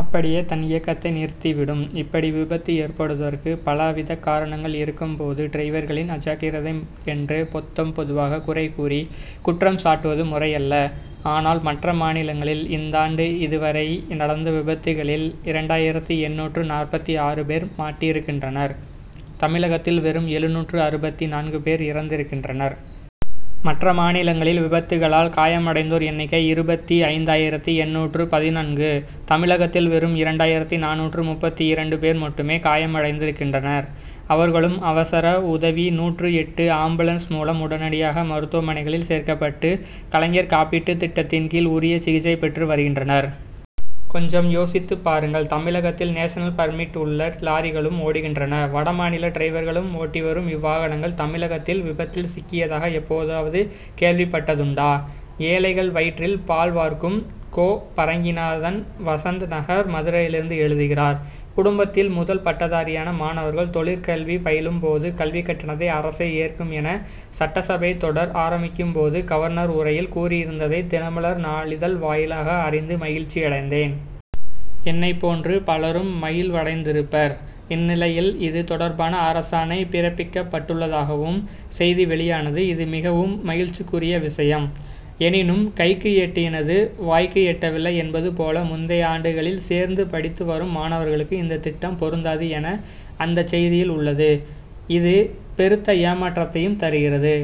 அப்படியே தன் இயக்கத்தை நிறுத்தி விடும். இப்படி விபத்து ஏற்படுவதற்கு பலவித காரணங்கள் இருக்கும்போது டிரைவர்களின் அஜாக்கிரதை என்று பொத்தாம் பொதுவாக குறை கூறி குற்றம் சாட்டுவது முறையல்ல. ஆனால் மற்ற மாநிலங்களில் இந்தாண்டு இதுவரை நடந்த விபத்துகளில் இரண்டாயிரத்து எண்ணூற்று நாற்பத்தி ஆறு பேர் மாட்டிருக்கின்றனர் தமிழகத்தில் வெறும் எழுநூற்று அறுபத்தி நான்கு பேர் இறந்திருக்கின்றனர். மற்ற மாநிலங்களில் விபத்துகளால் காயமடைந்தோர் எண்ணிக்கை இருபத்தி ஐந்தாயிரத்து எண்ணூற்று பதினான்கு தமிழகத்தில் வெறும் இரண்டாயிரத்து நானூற்று முப்பத்தி இரண்டு பேர் மட்டுமே காயமடைந்திருக்கின்றனர். அவர்களும் அவசர உதவி நூற்று எட்டு ஆம்புலன்ஸ் மூலம் உடனடியாக மருத்துவமனைகளில் சேர்க்கப்பட்டு கலைஞர் காப்பீட்டுத் திட்டத்தின் கீழ் உரிய சிகிச்சை பெற்று வருகின்றனர். கொஞ்சம் யோசித்துப் பாருங்கள் தமிழகத்தில் நேஷனல் பர்மிட் உள்ள லாரிகளும் ஓடுகின்றன. வட மாநில டிரைவர்கள் ஓட்டிவரும் இவ்வாகனங்கள் தமிழகத்தில் விபத்தில் சிக்கியதாக எப்போதாவது கேள்விப்பட்டதுண்டா? ஏழைகள் வயிற்றில் பால் வார்க்கும்! கோ. பரங்கிரிநாதன் வசந்த நகர் மதுரையிலிருந்து எழுதுகிறார் குடும்பத்தில் முதல் பட்டதாரியான மாணவர்கள் தொழிற்கல்வி பயிலும்போது கல்விக் கட்டணத்தை அரசே ஏற்கும் என சட்டசபை தொடர் ஆரம்பிக்கும் போது கவர்னர் உரையில் கூறியிருந்ததை தினமலர் நாளிதழ் வாயிலாக அறிந்து மகிழ்ச்சியடைந்தேன். என்னைப் போன்று பலரும் மகிழ்வடைந்திருப்பர். இந்நிலையில் இது தொடர்பான அரசாணை பிறப்பிக்கப்பட்டுள்ளதாகவும் செய்தி வெளியானது இது மிகவும் மகிழ்ச்சிக்குரிய விஷயம். எனினும் கைக்கு எட்டினது வாய்க்கு எட்டவில்லை என்பது போல முந்தைய ஆண்டுகளில் சேர்ந்து படித்து வரும் மாணவர்களுக்கு இத் திட்டம் பொருந்தாது என அந்த செய்தியில் உள்ளது இது பெருத்த ஏமாற்றத்தையும் தருகிறது.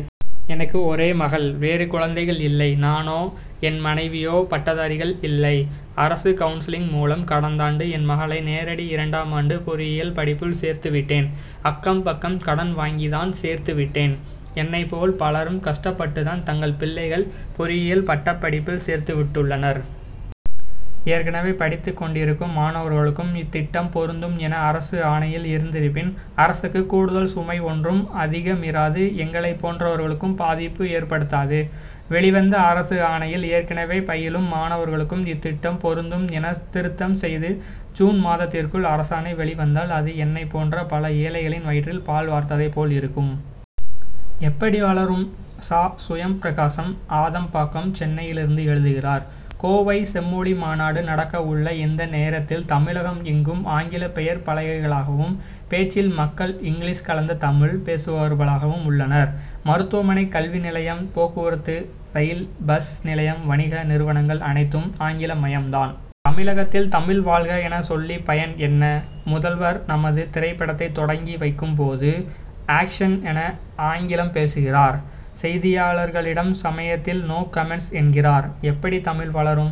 எனக்கு ஒரே மகள் வேறு குழந்தைகள் இல்லை. நானோ என் மனைவியோ பட்டதாரிகள் இல்லை. அரசு கவுன்சிலிங் மூலம் கடந்தாண்டு என் மகளை நேரடி இரண்டாமாண்டு பொறியியல் படிப்பில் சேர்த்து விட்டேன். அக்கம் பக்கம் கடன் வாங்கித்தான் சேர்த்துவிட்டேன். என்னைப் போல் பலரும் கஷ்டப்பட்டுதான் தங்கள் பிள்ளைகளை பொறியியல் பட்டப்படிப்பில் சேர்த்து விட்டுள்ளனர். ஏற்கனவே படித்துக் கொண்டிருக்கும் மாணவர்களுக்கும் இத்திட்டம் பொருந்தும் என அரசு ஆணையில் இருந்திருப்பின் அரசுக்கு கூடுதல் சுமை ஒன்றும் அதிகமிராது எங்களைப் போன்றவர்களுக்கும் பாதிப்பு ஏற்படுத்தாது. வெளிவந்த அரசு ஆணையில் ஏற்கனவே பயிலும் மாணவர்களுக்கும் இத்திட்டம் பொருந்தும் என திருத்தம் செய்து ஜூன் மாதத்திற்குள் அரசாணை வெளிவந்தால் அது என்னைப் போன்ற பல ஏழைகளின் வயிற்றில் பால் வார்த்ததைப் போல் இருக்கும். எப்படி வளரும்? சா. சுயம்பிரகாசம் ஆதம் பாக்கம் சென்னையிலிருந்து எழுதுகிறார் கோவை செம்மொழி மாநாடு நடக்க உள்ள இந்த நேரத்தில் தமிழகம் எங்கும் ஆங்கில பெயர்ப் பலகைகளாகவும் பேச்சில் மக்கள் இங்கிலீஷ் கலந்த தமிழ் பேசுபவர்களாகவும் உள்ளனர். மருத்துவமனை கல்வி நிலையம் போக்குவரத்து ரயில் பஸ் நிலையம் வணிக நிறுவனங்கள் அனைத்தும் ஆங்கில மயம் தான். தமிழகத்தில் தமிழ் வாழ்க என சொல்லி பயன் என்ன? முதல்வர் தமது திரைப்படத்தை தொடங்கி வைக்கும் போது ஆக்ஷன் என ஆங்கிலம் பேசுகிறார். செய்தியாளர்களிடம் சமயத்தில் நோ கமென்ட்ஸ் என்கிறார். எப்படி தமிழ் வளரும்?